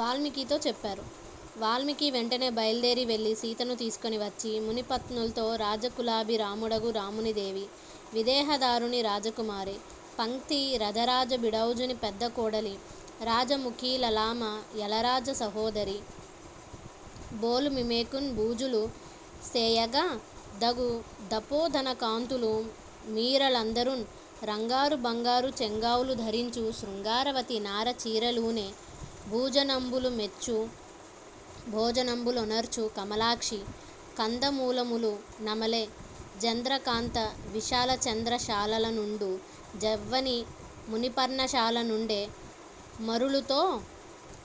వాల్మీకితో చెప్పారు. వాల్మీకి వెంటనే బైల్దేరి వెళ్లి సీతను తీసుకొని వచ్చి మునిపత్నుల్తో రాజకులాభి రాముడగు రామునిదేవి, విదేహ ధారుణీ రాజకుమారి, పంక్తి రథరాజబిడౌజుని పెద్ద కోడలీ రాజముఖీలలామ, యలరాజ సహోదరి బోలు మీమెకున్ బూజులు సేయగా దగు దపోధనకాంతలు మీరలందరున్ రంగారు బంగారు చెంగావులు ధరించు శృంగారవతి నార చీరలూనె భూజనంబులు మెచ్చు భోజనంబులొనర్చు కమాలాక్షి కందమూలములు నమలె జంద్రకాంత విశాలచంద్రశాలలనుండు జవ్వని మునిపర్ణశాల నుండె మరులుతో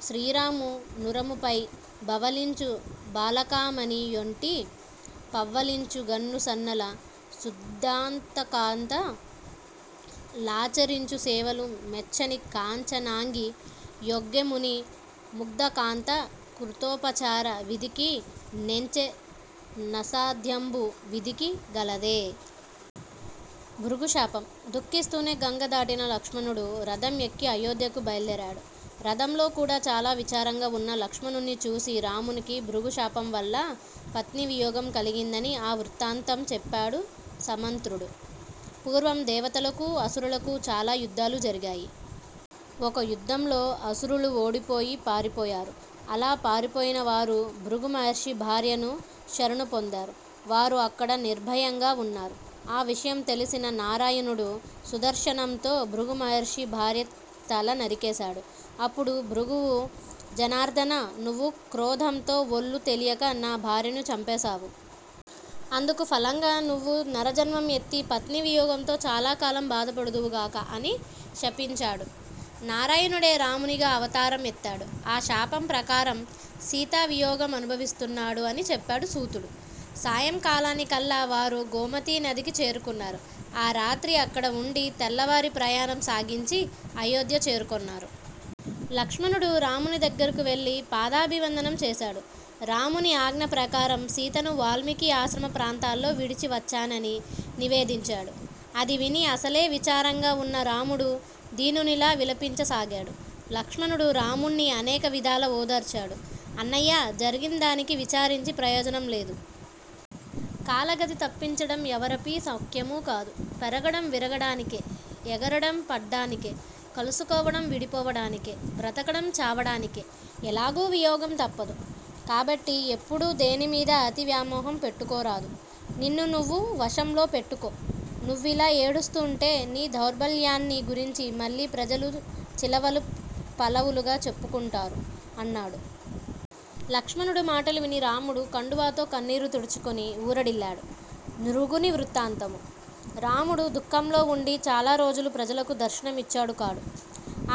శ్రీరాము నురముపై బవళించు బాలకామణి యొంటి పవ్వళించె గన్ను సన్నల శుద్దాంతకాంత లాచ రించు సేవలు మెచ్చని కాంచనాంగి యొగ్గె ముని ముగ్దకాంతా కృతోపచార విధికి నెంచె నసాధ్యంబు విధికి గలదె? భృగుశాపం: దుఃఖిస్తునే గంగ దాటిన లక్ష్మణుడు రథం ఎక్కి అయోధ్యకు బైల్దేరాడు. రథంలో కూడా చాల విచారంగా వున్న లక్ష్మణుణ్ని చూసి రామునికి భృగు శాపం వల్ల పత్నీ వియోగం కలిగిందని ఆ వృత్తాంతం చెప్పాడు సమంత్రుడు. పూర్వం దేవతలకూ అసురులకూ చాలా యుద్దాలు జరిగాయి. ఒక యుద్దంలో అసురులు ఓడిపోయి పారిపోయారు. అలా పారిపోయినవారు భృగు మహర్షి భార్యను శరణు పొందారు. వారు అక్కడ నిర్బయంగా వున్నారు. ఆ విషయం తెలిసిన నారాయణుడు సుదర్శనంతో భృగుమహర్షి భార్య తల నరికేశాడు. అప్పుడు భృగువు జనార్దనా! నువ్వు క్రోధంతో ఒళ్ళు తెలియక నా భార్యను చంపేశావు. అందుకు ఫలంగా నువ్వు నరజన్మం ఎత్తి పత్నీ వియోగంతో చాలాకాలం బాధపడుదువుగాక అని శపించాడు. నారాయణుడే రామునిగా అవతారం ఎత్తాడు. ఆ శాపం ప్రకారం సీతా వియోగం అనుభవిస్తున్నాడు అని చెప్పాడు సూతుడు. సాయంకాలానికల్లా వారు గోమతీ నదికి చేరుకున్నారు. ఆ రాత్రి అక్కడ వుండి తెల్లవారి ప్రయాణం సాగించి అయోధ్య చేరుకొన్నారు. లక్ష్మణుడు రాముని దగ్గరికి వెళ్ళి పాదాభివందనం చేశాడు. రాముని ఆజ్ఞ ప్రకారం సీతను వాల్మీకి ఆశ్రమ ప్రాంతాల్లో విడిచివచ్చానని నివేదించాడు. అది విని అసలే విచారంగా వున్న రాముడు దీనునిలా విలపించసాగాడు. లక్ష్మణుడు రాముణ్ని అనేక విధాల ఓదార్చాడు. అన్నయ్యా! జరిగిందానికి విచారించి ప్రయోజనం లేదు. కాలగతి తప్పించడం ఎవరపి శక్యమూ కాదు. పెరగడం విరగడానికే. ఎగరడం పడ్డానికే. కలుసుకోవడం విడిపోవడానికే. బ్రతకడం చావడానికే. ఎలాగూ వియోగం తప్పదు. కాబట్టి ఎప్పుడూ దేనిమీదా అతి వ్యామోహం పెట్టుకోరాదు. నిన్ను నువ్వు వశంలో పెట్టుకో. నువ్విలా ఏడుస్తుంటే నీ దౌర్భల్యాన్ని గురించి మళ్ళీ ప్రజలు చిలవలు పలవలుగా చెప్పుకుంటారు అన్నాడు. లక్ష్మణుడు మాటలు విని రాముడు కండువాతో కన్నీరు తుడుచుకొని ఊరడిల్లాడు. నృగుని వృత్తాంతము: రాముడు దుఃఖంలో వుండి చాల రోజులు ప్రజలకు దర్శనం ఇచ్చాడు కాడు.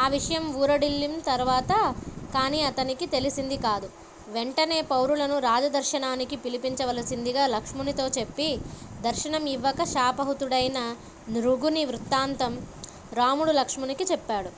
ఆ విషయం ఊరడిల్లిం తర్వాత కాని అతనికి తెలిసింది కాదు. వెంటనే పౌరులను రాజదర్శనానికి పిలిపించవలసిందిగా లక్ష్మణునితో చెప్పి దర్శనం ఇవ్వక శాపహతుడైన నృగుని వృత్తాంతం రాముడు లక్ష్మణునికి చెప్పాడు.